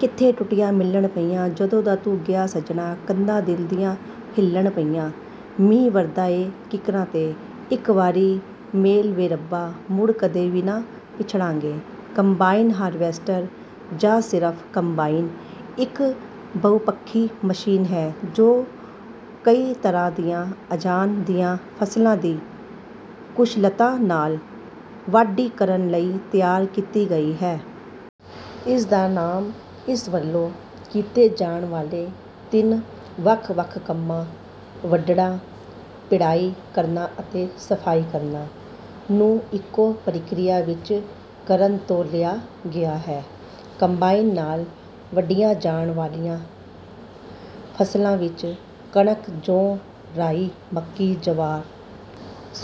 ਕਿੱਥੇ ਟੁੱਟੀਆਂ ਮਿਲਣ ਪਈਆਂ, ਜਦੋਂ ਦਾ ਤੂੰ ਗਿਆ ਸੱਜਣਾ, ਕੰਧਾਂ ਦਿਲ ਦੀਆਂ ਹਿੱਲਣ ਪਈਆਂ। ਮੀਂਹ ਵਰਦਾ ਏ ਕਿੱਕਰਾਂ ’ਤੇ, ਇਕ ਵਾਰੀ ਮੇਲ ਵੇ ਰੱਬਾ, ਮੁੜ ਕਦੇ ਵੀ ਨਾ ਵਿਛੜਾਂਗੇ। ਕੰਬਾਈਨ ਹਾਰਵੈਸਟਰ, ਜਾਂ ਸਿਰਫ਼ ਕੰਬਾਈਨ, ਇੱਕ ਬਹੁਪੱਖੀ ਮਸ਼ੀਨ ਹੈ, ਜੋ ਕਈ ਤਰ੍ਹਾਂ ਦੀਆਂ ਅਨਾਜ ਦੀਆਂ ਫ਼ਸਲਾਂ ਦੀ ਕੁਸ਼ਲਤਾ ਨਾਲ ਵਾਢੀ ਕਰਨ ਲਈ ਤਿਆਰ ਕੀਤੀ ਗਈ ਹੈ। ਇਸ ਦਾ ਨਾਮ ਇਸ ਵੱਲੋਂ ਕੀਤੇ ਜਾਣ ਵਾਲੇ ਤਿੰਨ ਵੱਖ-ਵੱਖ ਕੰਮਾਂ—ਵੱਢਣਾ, ਪਿੜਾਈ ਕਰਨਾ ਅਤੇ ਸਫ਼ਾਈ ਕਰਨਾ—ਨੂੰ ਇੱਕੋ ਪ੍ਰਕਿਰਿਆ ਵਿੱਚ ਕਰਨ ਤੋਂ ਲਿਆ ਗਿਆ ਹੈ। ਕੰਬਾਈਨ ਨਾਲ ਵੱਢੀਆਂ ਜਾਣ ਵਾਲੀਆਂ ਫ਼ਸਲਾਂ ਵਿੱਚ ਕਣਕ, ਜੌਂ, ਰਾਈ, ਮੱਕੀ, ਜਵਾਰ,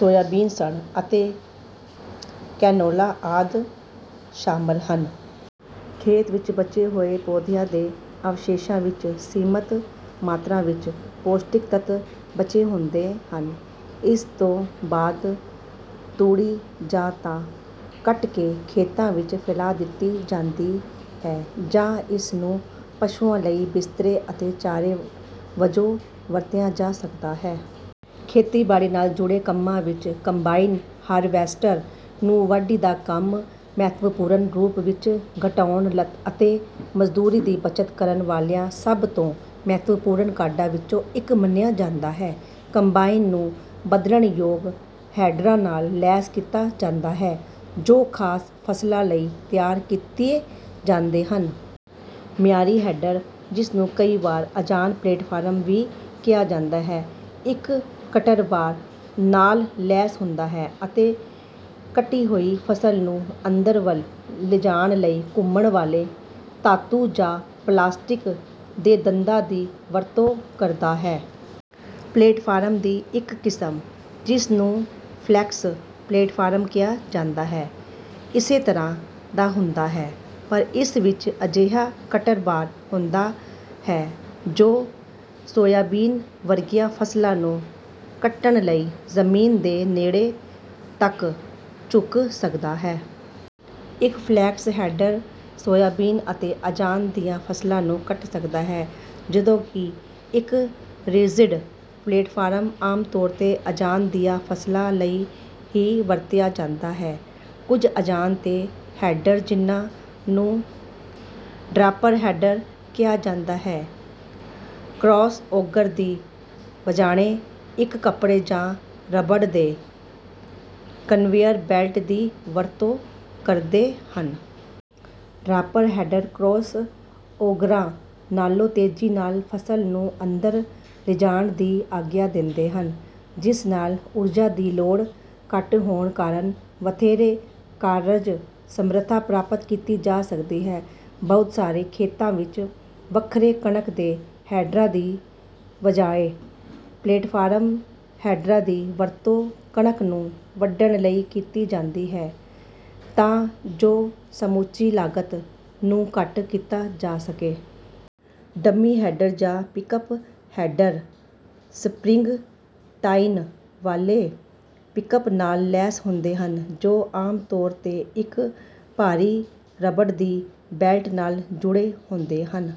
ਸੋਇਆਬੀਨ, ਸਣ ਅਤੇ ਕੈਨੋਲਾ ਆਦਿ ਸ਼ਾਮਲ ਹਨ। ਖੇਤ ਵਿੱਚ ਬਚੇ ਹੋਏ ਪੌਦਿਆਂ ਦੇ ਅਵਸ਼ੇਸ਼ਾਂ ਵਿੱਚ ਸੀਮਤ ਮਾਤਰਾ ਵਿੱਚ ਪੌਸ਼ਟਿਕ ਤੱਤ ਬਚੇ ਰਹਿੰਦੇ ਹਨ। ਇਸ ਤੋਂ ਬਾਅਦ ਤੂੜੀ ਜਾਂ ਤਾਂ ਕੱਟ ਕੇ ਖੇਤਾਂ ਵਿੱਚ ਫੈਲਾ ਦਿੱਤੀ ਜਾਂਦੀ ਹੈ ਜਾਂ ਇਸ ਨੂੰ ਪਸ਼ੂਆਂ ਲਈ ਬਿਸਤਰੇ ਅਤੇ ਚਾਰੇ ਵਜੋਂ ਵਰਤਿਆ ਜਾ ਸਕਦਾ ਹੈ। ਖੇਤੀਬਾੜੀ ਨਾਲ ਜੁੜੇ ਕੰਮਾਂ ਵਿੱਚ ਕੰਬਾਈਨ ਹਾਰਵੈਸਟਰ ਨੂੰ ਵਾਢੀ ਦਾ ਕੰਮ ਮਹੱਤਵਪੂਰਨ ਰੂਪ ਵਿੱਚ ਘਟਾਉਣ ਅਤੇ ਮਜ਼ਦੂਰੀ ਦੀ ਬੱਚਤ ਕਰਨ ਵਾਲੀਆਂ ਸਭ ਤੋਂ ਮਹੱਤਵਪੂਰਨ ਕਾਢਾਂ ਵਿੱਚੋਂ ਇੱਕ ਮੰਨਿਆ ਜਾਂਦਾ ਹੈ। ਕੰਬਾਈਨ ਨੂੰ ਬਦਲਣਯੋਗ ਹੈਡਰਾਂ ਨਾਲ ਲੈਸ ਕੀਤਾ ਜਾਂਦਾ ਹੈ, ਜੋ ਖ਼ਾਸ ਫ਼ਸਲਾਂ ਲਈ ਤਿਆਰ ਕੀਤੇ ਜਾਂਦੇ ਹਨ। ਮਿਆਰੀ ਹੈਡਰ, ਜਿਸ ਨੂੰ ਕਈ ਵਾਰ ਅਨਾਜ ਪਲੇਟਫਾਰਮ ਵੀ ਕਿਹਾ ਜਾਂਦਾ ਹੈ, ਇੱਕ ਕਟਰ ਬਾਰ ਨਾਲ ਲੈਸ ਹੁੰਦਾ ਹੈ ਅਤੇ ਕੱਟੀ ਹੋਈ ਫ਼ਸਲ ਨੂੰ ਅੰਦਰ ਵੱਲ ਲਿਜਾਣ ਲਈ ਘੁੰਮਣ ਵਾਲੇ ਧਾਤੂ ਜਾਂ ਪਲਾਸਟਿਕ ਦੇ ਦੰਦਾਂ ਦੀ ਵਰਤੋਂ ਕਰਦਾ ਹੈ। ਪਲੇਟਫਾਰਮ ਦੀ ਇੱਕ ਕਿਸਮ, ਜਿਸ ਨੂੰ ਫਲੈਕਸ ਪਲੇਟਫਾਰਮ ਕਿਹਾ ਜਾਂਦਾ ਹੈ, ਇਸੇ ਤਰ੍ਹਾਂ ਦਾ ਹੁੰਦਾ ਹੈ, ਪਰ ਇਸ ਵਿੱਚ ਅਜਿਹਾ ਕਟਰ ਬਾਰ ਹੁੰਦਾ ਹੈ ਜੋ ਸੋਇਆਬੀਨ ਵਰਗੀਆਂ ਫ਼ਸਲਾਂ ਨੂੰ ਕੱਟਣ ਲਈ ਜ਼ਮੀਨ ਦੇ ਨੇੜੇ ਤੱਕ ਝੁਕ ਸਕਦਾ ਹੈ। ਇੱਕ ਫਲੈਕਸ ਹੈਡਰ ਸੋਇਆਬੀਨ ਅਤੇ ਅਨਾਜ ਦੀਆਂ ਫ਼ਸਲਾਂ ਨੂੰ ਕੱਟ ਸਕਦਾ ਹੈ, ਜਦੋਂਕਿ ਇੱਕ ਰਿਜਿਡ ਪਲੇਟਫਾਰਮ ਆਮ ਤੌਰ ’ਤੇ ਅਨਾਜ ਦੀਆਂ ਫ਼ਸਲਾਂ ਲਈ ਹੀ ਵਰਤਿਆ ਜਾਂਦਾ ਹੈ। ਕੁਝ ਅਨਾਜ ਦੇ ਹੈਡਰ, ਜਿਨ੍ਹਾਂ ਨੂੰ ਡਰਾਪਰ ਹੈਡਰ ਕਿਹਾ ਜਾਂਦਾ ਹੈ, ਕ੍ਰਾਸ ਔਗਰ ਦੀ ਬਜਾਏ ਇੱਕ ਕੱਪੜੇ ਜਾਂ ਰਬੜ ਦੇ ਕਨਵੇਅਰ ਬੈਲਟ ਦੀ ਵਰਤੋਂ ਕਰਦੇ ਹਨ। ਡਰਾਪਰ ਹੈਡਰ ਕ੍ਰਾਸ ਔਗਰਾਂ ਨਾਲੋਂ ਤੇਜ਼ੀ ਨਾਲ ਫ਼ਸਲ ਨੂੰ ਅੰਦਰ ਲਿਜਾਣ ਦੀ ਆਗਿਆ ਦਿੰਦੇ ਹਨ, ਜਿਸ ਨਾਲ ਊਰਜਾ ਦੀ ਲੋੜ ਘੱਟ ਹੋਣ ਕਾਰਨ ਵਧੇਰੇ ਕਾਰਜ-ਸਮਰੱਥਾ ਪ੍ਰਾਪਤ ਕੀਤੀ ਜਾ ਸਕਦੀ ਹੈ। ਬਹੁਤ ਸਾਰੇ ਖੇਤਾਂ ਵਿੱਚ, ਵੱਖਰੇ ਕਣਕ ਦੇ ਹੈਡਰਾਂ ਦੀ ਬਜਾਏ ਪਲੇਟਫਾਰਮ ਹੈਡਰਾਂ ਦੀ ਵਰਤੋਂ ਕਣਕ ਨੂੰ ਵੱਢਣ ਲਈ ਕੀਤੀ ਜਾਂਦੀ ਹੈ, ਤਾਂ ਜੋ ਸਮੁੱਚੀ ਲਾਗਤ ਨੂੰ ਘੱਟ ਕੀਤਾ ਜਾ ਸਕੇ। ਡਮੀ ਹੈਡਰ ਜਾਂ ਪਿਕਅੱਪ ਹੈਡਰ ਸਪ੍ਰਿੰਗ-ਟਾਈਨ ਵਾਲੇ ਪਿਕਅੱਪ ਨਾਲ ਲੈਸ ਹੁੰਦੇ ਹਨ, ਜੋ ਆਮ ਤੌਰ ’ਤੇ ਇੱਕ ਭਾਰੀ ਰਬੜ ਦੀ ਬੈਲਟ ਨਾਲ ਜੁੜੇ ਹੁੰਦੇ ਹਨ।